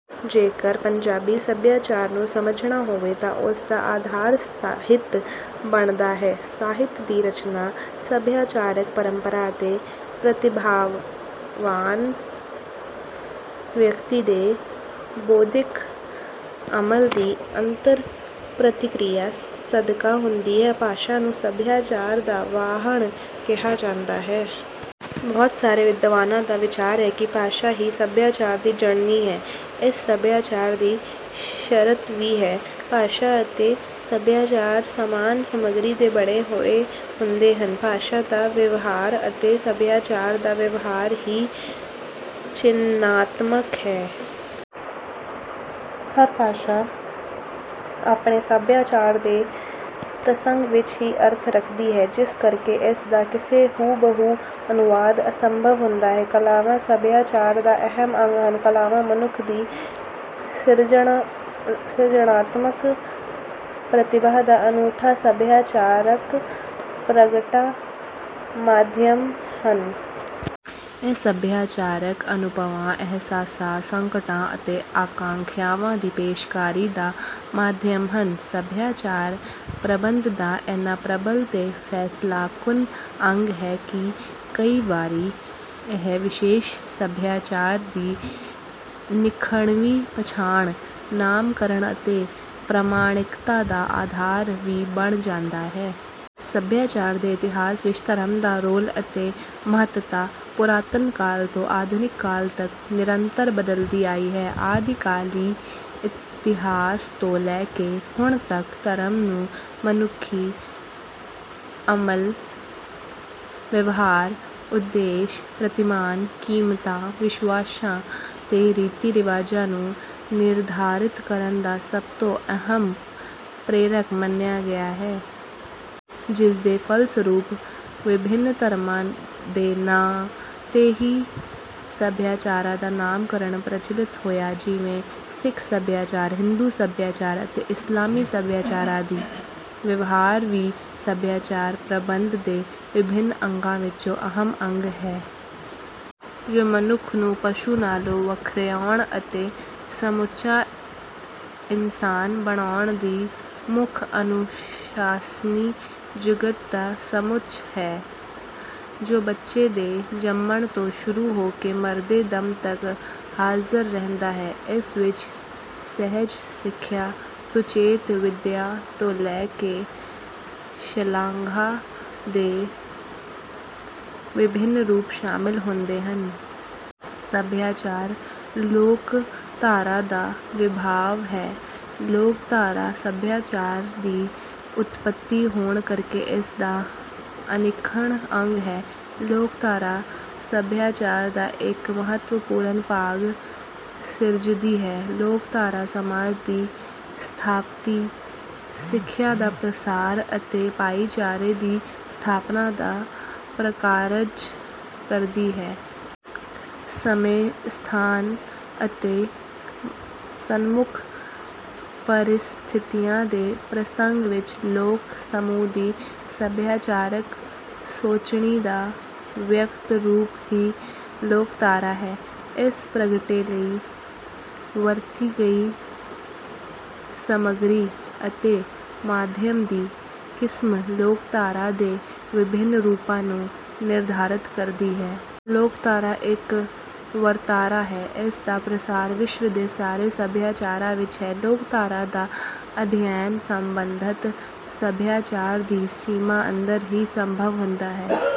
ਜੇਕਰ ਪੰਜਾਬੀ ਸਭਿਆਚਾਰ ਨੂੰ ਸਮਝਣਾ ਹੋਵੇ ਤਾਂ ਉਸ ਦਾ ਆਧਾਰ ਸਾਹਿਤ ਬਣਦਾ ਹੈ। ਸਾਹਿਤ ਦੀ ਰਚਨਾ ਸਭਿਆਚਾਰਕ ਪਰੰਪਰਾ ਅਤੇ ਪ੍ਰਤਿਭਾਵਾਨ ਵਿਅਕਤੀ ਦੇ ਬੋਧਿਕ ਅਮਲ ਦੀ ਅੰਤਰ ਪ੍ਰਕਿਰਿਆ ਸਦਕਾ ਹੁੰਦੀ ਹੈ। ਭਾਸ਼ਾ ਨੂੰ ਸਭਿਆਚਾਰ ਦਾ ਵਾਹਣ ਕਿਹਾ ਜਾਂਦਾ ਹੈ। ਬਹੁਤ ਸਾਰੇ ਵਿਦਵਾਨਾਂ ਦਾ ਵਿਚਾਰ ਹੈ ਕਿ ਭਾਸ਼ਾ ਹੀ ਸਭਿਆਚਾਰ ਦੀ ਜਣਨੀ ਹੈ। ਇਹ ਸਭਿਆਚਾਰ ਦੀ ਸ਼ਰਤ ਵੀ ਹੈ। ਭਾਸ਼ਾ ਅਤੇ ਸਭਿਆਚਾਰ ਸਮਾਨ ਸਮੱਗਰੀ ਦੇ ਬਣੇ ਹੋਏ ਹੁੰਦੇ ਹਨ। ਭਾਸ਼ਾ ਦਾ ਵਿਵਹਾਰ ਅਤੇ ਸਭਿਆਚਾਰ ਦਾ ਵਿਵਹਾਰ ਵੀ ਚਿੰਨ੍ਹਾਤਮਕ ਹੈ। ਹਰ ਭਾਸ਼ਾ ਆਪਣੇ ਸਭਿਆਚਾਰ ਦੇ ਪ੍ਰਸੰਗ ਵਿੱਚ ਹੀ ਅਰਥ ਰੱਖਦੀ ਹੈ ਜਿਸ ਕਰਕੇ ਇਸ ਦਾ ਕਿਸੇ ਹੂ-ਬ-ਹੂ ਅਨੁਵਾਦ ਅਸੰਭਵ ਹੁੰਦਾ ਹੈ। ਕਲਾਵਾਂ ਸਭਿਆਚਾਰ ਦਾ ਅਹਿਮ ਅੰਗ ਹਨ। ਕਲਾਵਾਂ ਮਨੁੱਖ ਦੀ ਸਿਰਜਣਾਤਮਕ ਪ੍ਰਤਿਭਾ ਦਾ ਅਨੂਠਾ ਸਭਿਆਚਾਰਕ ਪ੍ਰਗਟਾ-ਮਾਧਿਅਮ ਹਨ। ਇਹ ਸਭਿਆਚਾਰਕ ਅਨੁਭਵਾਂ, ਅਹਿਸਾਸਾਂ, ਸੰਕਟਾਂ ਅਤੇ ਆਕਾਂਖਿਆਵਾਂ ਦੀ ਪੇਸ਼ਕਾਰੀ ਦਾ ਮਾਧਿਅਮ ਹਨ। ਸਭਿਆਚਾਰ ਪ੍ਰਬੰਧ ਦਾ ਇੰਨਾ ਪ੍ਰਬਲ ਤੇ ਫੈਸਲਾਕੁਨ ਅੰਗ ਹੈ ਕਿ ਕਈ ਵਾਰੀ ਇਹ ਵਿਸ਼ੇਸ਼ ਸਭਿਆਚਾਰ ਦੀ ਨਿਖੜਵੀ ਪਛਾਣ, ਨਾਮਕਰਣ ਅਤੇ ਪ੍ਰਮਾਣਿਕਤਾ ਦਾ ਆਧਾਰ ਵੀ ਬਣ ਜਾਂਦਾ ਹੈ। ਸਭਿਆਚਾਰ ਦੇ ਇਤਿਹਾਸ ਵਿੱਚ ਧਰਮ ਦਾ ਰੋਲ ਅਤੇ ਮਹੱਤਤਾ ਪੁਰਾਤਨ ਕਾਲ ਤੋਂ ਆਧੁਨਿਕ ਕਾਲ ਤੱਕ ਨਿਰੰਤਰ ਬਦਲਦੀ ਆਈ ਹੈ। ਆਦਿ-ਕਾਲੀ ਇਤਿਹਾਸ ਤੋਂ ਲੈ ਕੇ ਹੁਣ ਤੱਕ ਧਰਮ ਨੂੰ ਮਨੁੱਖੀ ਅਮਲ, ਵਿਵਹਾਰ, ਉਦੇਸ਼, ਪ੍ਰਤਿਮਾਨ, ਕੀਮਤਾਂ, ਵਿਸ਼ਵਾਸਾਂ ਤੇ ਰੀਤੀ-ਰਿਵਾਜਾਂ ਨੂੰ ਨਿਰਧਾਰਿਤ ਕਰਨ ਦਾ ਸਭ ਤੋਂ ਅਹਿਮ ਪ੍ਰੇਰਕ ਮੰਨਿਆ ਗਿਆ ਹੈ। ਜਿਸਦੇ ਫਲਸਰੂਪ ਵਿਭਿੰਨ ਧਰਮਾਂ ਦੇ ਨਾਂ 'ਤੇ ਹੀ ਸਭਿਆਚਾਰਾਂ ਦਾ ਨਾਮਕਰਣ ਪ੍ਰਚਲਿਤ ਹੋਇਆ ਜਿਵੇਂ ਸਿੱਖ ਸਭਿਆਚਾਰ, ਹਿੰਦੂ ਸਭਿਆਚਾਰ ਅਤੇ ਇਸਲਾਮੀ ਸਭਿਆਚਾਰ ਆਦਿ। ਵਿਵਹਾਰ ਵੀ ਸਭਿਆਚਾਰ ਪ੍ਰਬੰਧ ਦੇ ਵਿਭਿੰਨ ਅੰਗਾਂ ਵਿਚੋਂ ਅਹਿਮ ਅੰਗ ਹੈ। ਜੋ ਮਨੁੱਖ ਨੂੰ ਪਸ਼ੂ ਨਾਲੋਂ ਵਖਰਿਆਉਣ ਅਤੇ ਸਮੁੱਚਾ ਇਨਸਾਨ ਬਣਾਉਣ ਦੀ ਮੁੱਖ ਅਨੁਸ਼ਾਸਨੀ-ਜੁਗਤ ਦਾ ਸਮੁੱਚ ਹੈ। ਜੋ ਬੱਚੇ ਦੇ ਜੰਮਣ ਤੋਂ ਸ਼ੁਰੂ ਹੋ ਕੇ ਮਰਦੇ ਦਮ ਤੱਕ ਹਾਜ਼ਰ ਰਹਿੰਦਾ ਹੈ। ਇਸ ਵਿੱਚ ਸਹਿਜ ਸਿਖਿਆ, ਸੁਚੇਤ ਵਿਦਿਆ ਤੋਂ ਲੈ ਕੇ ਸ਼ਲਾਘਾ ਦੇ ਵਿਭਿੰਨ ਰੂਪ ਸ਼ਾਮਲ ਹੁੰਦੇ ਹਨ। ਸਭਿਆਚਾਰ ਲੋਕਧਾਰਾ ਦਾ ਵਿਭਾਵ ਹੈ। ਲੋਕਧਾਰਾ ਸਭਿਆਚਾਰ ਦੀ ਉਤਪਤੀ ਹੋਣ ਕਰਕੇ ਇਸ ਦਾ ਅਨਿੱਖੜ ਅੰਗ ਹੈ। ਲੋਕਧਾਰਾ ਸਭਿਆਚਾਰ ਦਾ ਇੱਕ ਮਹੱਤਵਪੂਰਨ ਭਾਗ ਸਿਰਜਦੀ ਹੈ। ਲੋਕਧਾਰਾ ਸਮਾਜ ਦੀ ਸਥਾਪਤੀ, ਸਿੱਖਿਆ ਦਾ ਪ੍ਰਸਾਰ ਅਤੇ ਭਾਈਚਾਰੇ ਦੀ ਸਥਾਪਨਾ ਦਾ ਪ੍ਰਕਾਰਜ ਕਰਦੀ ਹੈ। ਸਮੇਂ, ਸਥਾਨ ਅਤੇ ਸਨਮੁੱਖ ਪਰਿਸਥਿਤੀਆਂ ਦੇ ਪ੍ਰਸੰਗ ਵਿੱਚ ਲੋਕ-ਸਮੂਹ ਦੀ ਸਭਿਆਚਾਰਕ ਸੋਚਣੀ ਦਾ ਵਿਅਕਤ ਰੂਪ ਹੀ ਲੋਕਧਾਰਾ ਹੈ। ਇਸ ਪ੍ਰਗਟੇ ਲਈ ਵਰਤੀ ਗਈ ਸਮੱਗਰੀ ਅਤੇ ਮਾਧਿਅਮ ਦੀ ਕਿਸਮ ਲੋਕਧਾਰਾ ਦੇ ਵਿਭਿੰਨ ਰੂਪਾਂ ਨੂੰ ਨਿਰਧਾਰਤ ਕਰਦੀ ਹੈ। ਲੋਕਧਾਰਾ ਇੱਕ ਵਰਤਾਰਾ ਹੈ। ਇਸ ਦਾ ਪ੍ਰਸਾਰ ਵਿਸ਼ਵ ਦੇ ਸਾਰੇ ਸਭਿਆਚਾਰਾਂ ਵਿੱਚ ਹੈ। ਲੋਕਧਾਰਾ ਦਾ ਅਧਿਐਨ ਸੰਬੰਧਤ ਸਭਿਆਚਾਰ ਦੀ ਸੀਮਾ ਅੰਦਰ ਹੀ ਸੰਭਵ ਹੁੰਦਾ ਹੈ।